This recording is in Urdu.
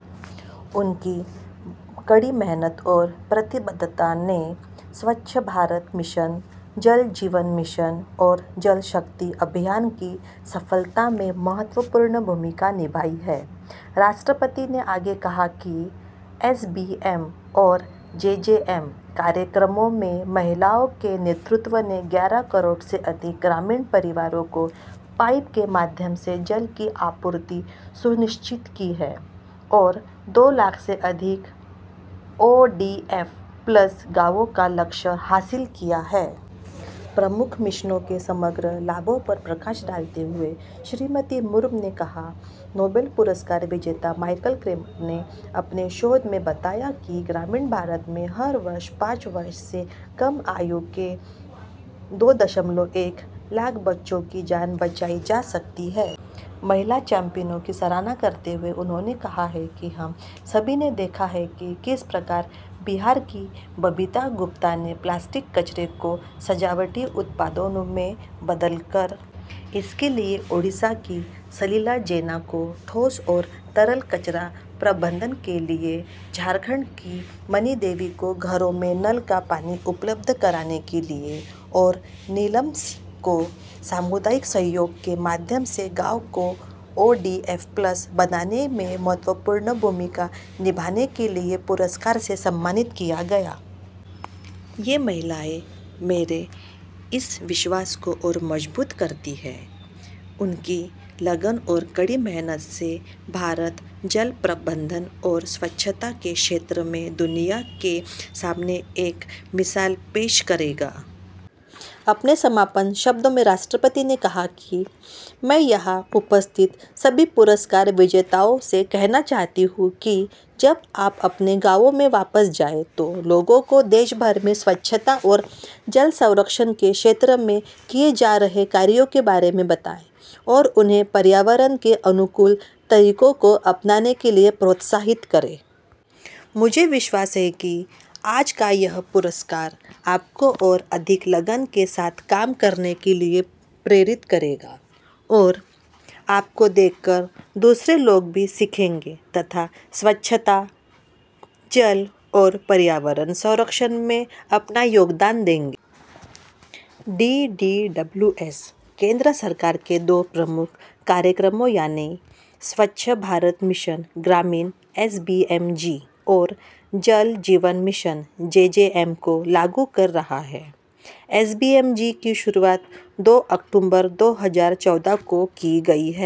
ان کی سخت محنت اور عزم نے سوچھ بھارت مشن، جل جیون مشن اور جل شکتی ابھیان کی کامیابی میں اہم کردار ادا کیا ہے۔ صدر جمہوریہ نے مزید کہا کہ ایس بی ایم اور جے جے ایم پروگراموں میں خواتین کی قیادت نے گیارہ کروڑ سے زیادہ دیہی کنبوں کو پائپ کے ذریعے پانی کی فراہمی کی ہے اور دو لاکھ سے زیادہ او ڈی ایف پلس گاؤوں کو حاصل کیا ہے۔ اہم مشنوں کے مجموعی فوائد کو اجاگر کرتے ہوئے محترمہ مرمو نے کہا، ''نوبل انعام یافتہ مائیکل کریمر نے اپنی تحقیق میں بتایا ہے کہ دیہی بھارت میں ہر سال پانچ سال سے کم عمر کے دو اعشاریہ ایک لاکھ بچوں کی زندگیاں بچائی جا سکتی ہیں۔ '' خواتین چیمپیئنز کی ستائش کرتے ہوئے انھوں نے کہا کہ ہم سب نے دیکھا ہے کہ کس طرح بہار کی ببیتا گپتا کو پلاسٹک کے فضلے کو آرائشی مصنوعات میں تبدیل کرنے کے لیے، اوڈیشہ کی سلیلا جینا کو ٹھوس اور مائع فضلہ کے انتظام کے لیے، جھارکھنڈ کی منی دیوی کو گھروں میں نل کا پانی فراہم کرنے کے لیے، اور نیلم سنگھ کو کمیونٹی تعاون کے ذریعہ گاؤں کو او ڈی ایف پلس بنانے میں اہم کردار ادا کرنے کے لیے ایوارڈ سے نوازا گیا۔ یہ خواتین میرے اس یقین کو مضبوط بناتی ہیں کہ ان کی لگن اور سخت محنت سے بھارت پانی کے انتظام اور صفائی ستھرائی میں دنیا کے سامنے ایک مثال پیش کرے گا۔ اپنے اختتامی کلمات میں صدر جمہوریہ نے کہا کہ میں یہاں موجود تمام ایوارڈ یافتہ افراد سے کہنا چاہتی ہوں کہ جب آپ اپنے گاؤوں میں واپس جائیں تو لوگوں کو ملک بھر میں صفائی ستھرائی اور آبی تحفظ کے شعبے میں کیے جانے والے کاموں کے بارے میں بتائیں اور انھیں ماحول دوست طریقوں پر عمل کرنے کی ترغیب دیں۔ مجھے یقین ہے کہ آج کا ایوارڈ آپ کو مزید لگن کے ساتھ کام کرنے کی ترغیب دے گا اور آپ کو دیکھ کر دوسرے لوگ بھی سیکھیں گے اور صفائی، پانی اور ماحولیاتی تحفظ میں اپنا حصہ ڈالیں گے۔ ڈی ڈی ڈبلیو ایس مرکزی حکومت کے دو فلیگ شپ پروگراموں یعنی سوچھ بھارت مشن گرامین اور جل جیون مشن کو نافذ کر رہا ہے۔ ایس بی ایم-جی دو اکتوبر کو شروع کیا گیا تھا،